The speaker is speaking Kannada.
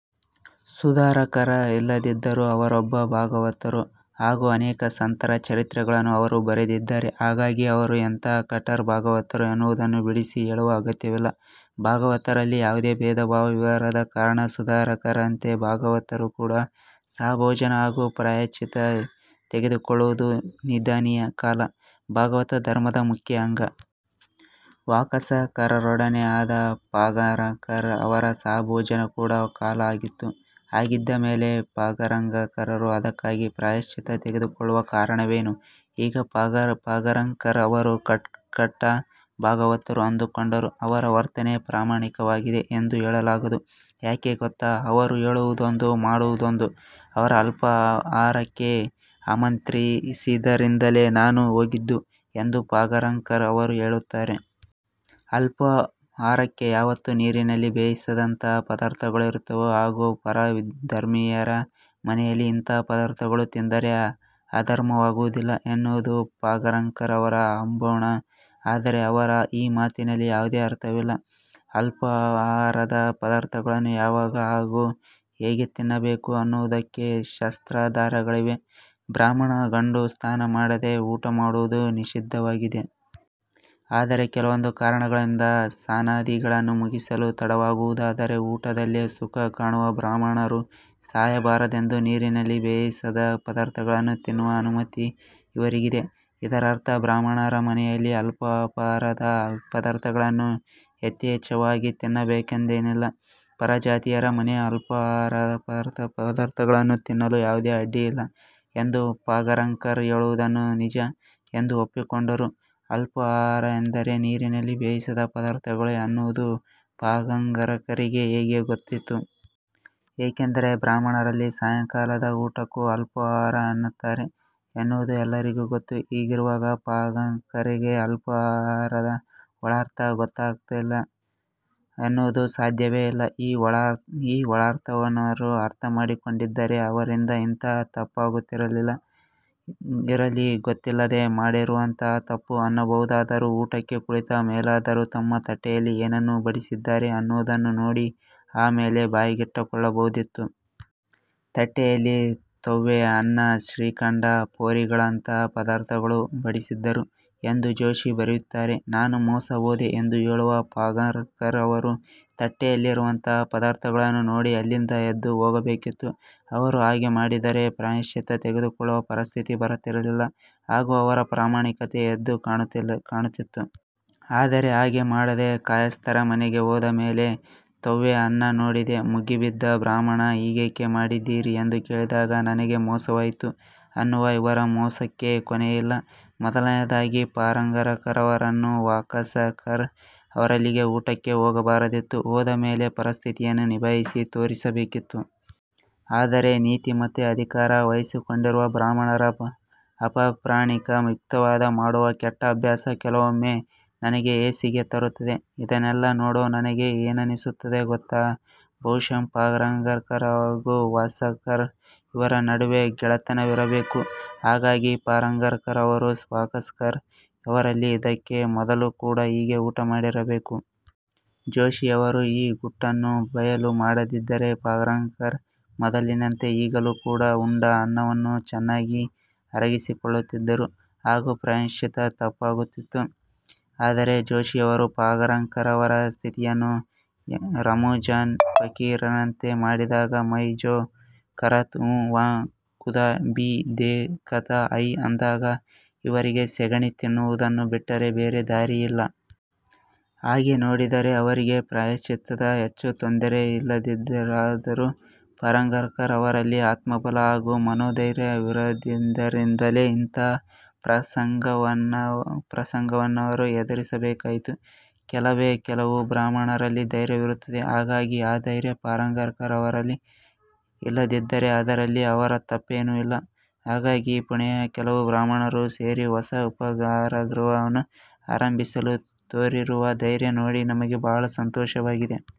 ಸುಧಾರಕರಲ್ಲದಿದ್ದರೂ ಅವರೊಬ್ಬ ಭಾಗವತರು ಹಾಗೂ ಅನೇಕ ಸಂತರ ಚರಿತ್ರೆಗಳನ್ನು ಅವರು ಬರೆದಿದ್ದಾರೆ. ಹಾಗಾಗಿ ಅವರು ಎಂತಹ ಕಟ್ಟರ್ ಭಾಗವತರು ಅನ್ನುವುದನ್ನು ಬಿಡಿಸಿ ಹೇಳುವ ಅಗತ್ಯವಿಲ್ಲ. ಭಾಗವತರಲ್ಲಿ ಯಾವುದೇ ಭೇದಭಾವವಿರದ ಕಾರಣ ಸುಧಾರಕರಂತೆ ಭಾಗವತರು ಕೂಡ ಸಹಭೋಜನ ಹಾಗೂ ಪ್ರಾಯಶ್ಚಿತ್ತ ತೆಗೆದುಕೊಳ್ಳುವುದು ನಿಂದನೀಯ. ಕಾಲಾ ಭಾಗವತ ಧರ್ಮದ ಮುಖ್ಯ ಅಂಗ. ವಾಕಸಕರ್ರೊಡನೆ ಆದ ಪಾಂಗಾರಕರ್ ಅವರ ಸಹಭೋಜನ ಕೂಡ ಕಾಲಾ ಆಗಿತ್ತು. ಹಾಗಿದ್ದ ಮೇಲೆ ಪಾಂಗಾರಕರರು ಅದಕ್ಕಾಗಿ ಪ್ರಾಯಶ್ಚಿತ್ತ ತೆಗೆದುಕೊಳ್ಳುವ ಕಾರಣವೇನು? ಈಗ ಪಾಂಗಾರಕರ್ ಅವರು ಕಟ್ಟಾ ಭಾಗವತರು ಅಂದುಕೊಂಡರೂ ಅವರ ವರ್ತನೆ ಪ್ರಾಮಾಣಿಕವಾಗಿದೆ ಎಂದು ಹೇಳಲಾಗದು. ಯಾಕೆ ಗೊತ್ತೇ? ಅವರು ಹೇಳುವುದೊಂದು ಮಾಡುವುದೊಂದು. ''ಅವರು ಅಲ್ಪೋಪಾಹಾರಕ್ಕೆ ಆಮಂತ್ರಿಸಿದ್ದರಿಂದಲೇ ನಾನು ಹೋಗಿದ್ದು'' ಎಂದು ಪಾಂಗಾರಕರ್ ಅವರು ಹೇಳುತ್ತಾರೆ. ಅಲ್ಪೋಪಾಹಾರಕ್ಕೆ ಯಾವತ್ತೂ ನೀರಿನಲ್ಲಿ ಬೇಯಿಸದಂತಹ ಪದಾರ್ಥಗಳಿರುತ್ತವೆ ಹಾಗೂ ಪರ ಧರ್ಮೀಯರ ಮನೆಯಲ್ಲಿ ಇಂತಹ ಪದಾರ್ಥಗಳನ್ನು ತಿಂದರೆ ಅಧರ್ಮವಾಗುವುದಿಲ್ಲ ಅನ್ನುವುದು ಪಾಂಗಾರಕರ್ ಅವರ ಅಂಬೋಣ. ಆದರೆ ಅವರ ಈ ಮಾತಿನಲ್ಲಿ ಯಾವುದೇ ಅರ್ಥವಿಲ್ಲ. ಅಲ್ಪೋಪಾಹಾರದ ಪದಾರ್ಥಗಳನ್ನು ಯಾವಾಗ ಹಾಗೂ ಹೇಗೆ ತಿನ್ನಬೇಕು ಅನ್ನುವುದಕ್ಕೆ ಶಾಸ್ತ್ರಾಧಾರಗಳಿವೆ. ಬ್ರಾಹ್ಮಣ ಗಂಡು ಸ್ನಾನ ಮಾಡದೆ ಊಟ ಮಾಡುವುದು ನಿಷಿದ್ಧವಾಗಿದೆ. ಅದರೆ ಕೆಲವೊಂದು ಕಾರಣಗಳಿಂದ ಸ್ನಾನಾದಿಗಳನ್ನು ಮುಗಿಸಲು ತಡವಾಗುವುದಾದರೆ ಊಟದಲ್ಲೇ ಸುಖ ಕಾಣುವ ಬ್ರಾಹ್ಮಣರು ಸಾಯಬಾರದೆಂದೇ ನೀರಿನಲ್ಲಿ ಬೇಯಿಸದ ಪದಾರ್ಥಗಳನ್ನು ತಿನ್ನುವ ಅನುಮತಿ ಇವರಿಗಿದೆ. ಇದರರ್ಥ ಅಬ್ರಾಹ್ಮಣರ ಮನೆಯಲ್ಲಿ ಅಲ್ಪೋಪಾಹಾರದ ಪದಾರ್ಥಗಳನ್ನು ಯಥೇಚ್ಛವಾಗಿ ತಿನ್ನಬೇಕೆಂದೇನಿಲ್ಲ. ಪರಜಾತೀಯರ ಮನೆಯ ಅಲ್ಪೋಪಾಹಾರದ ಪದಾರ್ಥಗಳನ್ನು ತಿನ್ನಲು ಯಾವುದೇ ಅಡ್ಡಿಯಿಲ್ಲ ಎಂದು ಪಾಂಗಾರಕರ್ ಹೇಳುವುದನ್ನು ನಿಜ ಎಂದು ಒಪ್ಪಿಕೊಂಡರೂ ಅಲ್ಪೋಪಾಹಾರ ಅಂದರೆ ನೀರಿನಲ್ಲಿ ಬೇಯಿಸದ ಪದಾರ್ಥಗಳೇ ಅನ್ನುವುದು ಪಾಂಗಾರಕರಿಗೆ ಹೇಗೆ ಗೊತ್ತಿತ್ತು? ಏಕೆಂದರೆ ಬ್ರಾಹ್ಮಣರಲ್ಲಿ ಸಾಯಂಕಾಲದ ಊಟಕ್ಕೂ ಅಲ್ಪೋಪಾಹಾರ ಅನ್ನುತ್ತಾರೆ ಎನ್ನುವುದು ಎಲ್ಲರಿಗೂ ಗೊತ್ತು. ಹೀಗಿರುವಾಗ ಪಾಂಗಾರಕರರಿಗೆ ಅಲ್ಪೋಪಾಹಾರದ ಒಳಾರ್ಥ ಗೊತ್ತಾಗಲಿಲ್ಲ ಅನ್ನುವುದು ಸಾಧ್ಯವೇ ಇಲ್ಲ. ಈ ಒಳಾರ್ಥವನ್ನವರು ಅರ್ಥಮಾಡಿಕೊಂಡಿದ್ದರೆ ಅವರಿಂದ ಇಂತಹ ತಪ್ಪಾಗುತ್ತಿರಲಿಲ್ಲ. ಇರಲಿ, ಗೊತ್ತಿಲ್ಲದೆ ಮಾಡಿರುವಂತಹ ತಪ್ಪು ಅನ್ನಬಹುದಾದರೂ ಊಟಕ್ಕೆ ಕುಳಿತ ಮೇಲಾದರೂ ತಮ್ಮ ತಟ್ಟೆಯಲ್ಲಿ ಏನನ್ನು ಬಡಿಸಿದ್ದಾರೆ ಅನ್ನುವುದನ್ನು ನೋಡಿ ಆ ಮೇಲೆ ಬಾಯಿಗಿಟ್ಟುಕೊಳ್ಳಬಹುದಿತ್ತು. ತಟ್ಟ್ಟೆಯಲ್ಲಿ ತೊವ್ವೆ, ಅನ್ನ, ಶ್ರೀಖಂಡ ಪೂರಿಗಳಂತಹ ಪದಾರ್ಥಗಳನ್ನು ಬಡಿಸಿದ್ದರು ಎಂದು ಜೋಶಿ ಬರೆಯುತ್ತಾರೆ. ನಾನು ಮೋಸ ಹೋದೆ ಎಂದು ಹೇಳುವ ಪಾಂಗಾರಕರ್ ಅವರು ತಟ್ಟೆಯಲ್ಲಿರುವಂತಹ ಪದಾರ್ಥಗಳನ್ನು ನೋಡಿ ಅಲ್ಲಿಂದ ಎದ್ದು ಹೋಗಬೇಕಿತ್ತು. ಅವರು ಹಾಗೆ ಮಾಡಿದ್ದರೆ ಪ್ರಾಯಶ್ಚಿತ್ತ ತೆಗೆದುಕೊಳ್ಳುವ ಪರಿಸ್ಥಿತಿ ಬರುತ್ತಿರಲಿಲ್ಲ ಹಾಗೂ ಅವರ ಪ್ರಾಮಾಣಿಕತೆ ಎದ್ದು ಕಾಣುತ್ತಿತ್ತು. ಆದರೆ ಹಾಗೆ ಮಾಡದೆ ಕಾಯಸ್ಥರ ಮನೆಗೆ ಹೋದ ಮೇಲೆ ತೊವ್ವೆ ಅನ್ನ ನೋಡಿದ್ದೆ ಮುಗಿಬಿದ್ದ ಬ್ರಾಹ್ಮಣ ''ಹೀಗೇಕೆ ಮಾಡಿದಿರಿ'' ಎಂದು ಕೇಳಿದಾಗ ನನಗೆ ಮೋಸವಾಯಿತು ಅನ್ನುವ ಇವರ ಮೋಸಕ್ಕೆ ಕೊನೆಯಿಲ್ಲ. ಮೊದಲನೆಯದಾಗಿ ಪಾಂಗಾರಕರ್ಅವರು ವಾಕಸಕರ್ ಅವರಲ್ಲಿಗೆ ಊಟಕ್ಕೆ ಹೋಗಬಾರದಿತ್ತು. ಹೋದ ಮೇಲೆ ಪರಿಸ್ಥಿತಿಯನ್ನು ನಿಭಾಯಿಸಿ ತೋರಿಸಬೇಕಿತ್ತು. ಆದರೆ ನೀತಿಮತ್ತೆಯ ಅಧಿಕಾರ ವಹಿಸಿಕೊಂಡಿರುವ ಬ್ರಾಹ್ಮಣರ ಅಪ್ರಾಮಾಣಿಕ ಯುಕ್ತಿವಾದ ಮಾಡುವ ಕೆಟ್ಟ ಅಭ್ಯಾಸ ಕೆಲವೊಮ್ಮೆ ನನಗೆ ಹೇಸಿಗೆ ತರುತ್ತದೆ. ಇದನ್ನೆಲ್ಲ ನೋಡೊ ನನಗೆ ಏನನಿಸುತ್ತದೆ ಗೊತ್ತೇ? ಬಹುಶಃ ಪಾಂಗಾರಕರ್ ಹಾಗೂ ವಾಕಸಕರ್ ಇವರ ನಡುವೆ ಗೆಳೆತನವಿರಬೇಕು. ಹಾಗಾಗಿ ಪಾಂಗಾರಕರ್ ಅವರು ವಾಕಸಕರ್ ಅವರಲ್ಲಿ ಇದಕ್ಕೆ ಮೊದಲು ಕೂಡ ಹೀಗೆ ಊಟ ಮಾಡಿರಬೇಕು. ಜೋಶಿಯವರು ಈ ಗುಟ್ಟನ್ನು ಬಯಲು ಮಾಡಿರದಿದ್ದರೆ ಪಾಂಗಾರಕರ್ ಮೊದಲಿನಂತೆ ಈಗಲೂ ಕೂಡ ಉಂಡ ಅನ್ನವನ್ನು ಚೆನ್ನಾಗಿ ಅರಗಿಸಿಕೊಳ್ಳುತ್ತಿದ್ದರು ಹಾಗೂ ಪ್ರಾಯಶ್ಚಿತ್ತ ತಪ್ಪುತ್ತಿತ್ತು. ಆದರೆ ಜೋಶಿಯವರು ಪಾಂಗಾರಕರ ಅವರ ಸ್ಥಿತಿಯನ್ನು ರಮಝಾನ್ ಫಕೀರನಂತೆ ಮಾಡಿದಾಗ 'ಮೈ ಜೋ ಕರತಾ ಹೂ, ವಹ್ ಖುದಾ ಭೀ ದೇಖತಾ ಹೈ' ಅಂದಾಗ ಇವರಿಗೆ ಸೆಗಣಿ ತಿನುವುದನ್ನು ಬಿಟ್ಟರೆ ಬೇರೆ ದಾರಿಯಿಲ್ಲ. ಹಾಗೆ ನೋಡಿದರೆ ಅವರಿಗೆ ಪ್ರಾಯಶ್ಚಿತ್ತದ ಹೆಚ್ಚು ತೊಂದರೆಯಿದ್ದಿರಲಾರದು. ಪಾಂಗಾರಕರ್ ಅವರಲ್ಲಿ ಆತ್ಮಬಲ ಹಾಗೂ ಮನೋಧೈರ್ಯವಿರದಿದ್ದರಿಂದಲೇ ಇಂತಹ ಪ್ರಸಂಗವನ್ನವರು ಎದುರಿಸಬೇಕಾಯಿತು. ಕೆಲವೇ ಕೆಲವು ಬ್ರಾಹ್ಮಣರಲ್ಲಿ ಧೈರ್ಯವಿರುತ್ತದೆ. ಹಾಗಾಗಿ ಆ ಧೈರ್ಯ ಪಾಂಗಾರಕರ್ ಅವರಲ್ಲಿ ಇಲ್ಲದಿದ್ದರೆ ಅದರಲ್ಲಿ ಅವರ ತಪ್ಪೇನು ಇಲ್ಲ. ಹಗಾಗಿ ಪುಣೆಯ ಕೆಲವು ಬ್ರಾಹ್ಮಣರು ಸೇರಿ ಹೊಸ ಉಪಾಹಾರಗೃಹವನ್ನು ಆರಂಭಿಸಲು ತೋರಿರುವ ಧೈರ್ಯ ನೋಡಿ ನಮಗೆ ಬಹಳ ಸಂತೋಷವಾಗಿದೆ.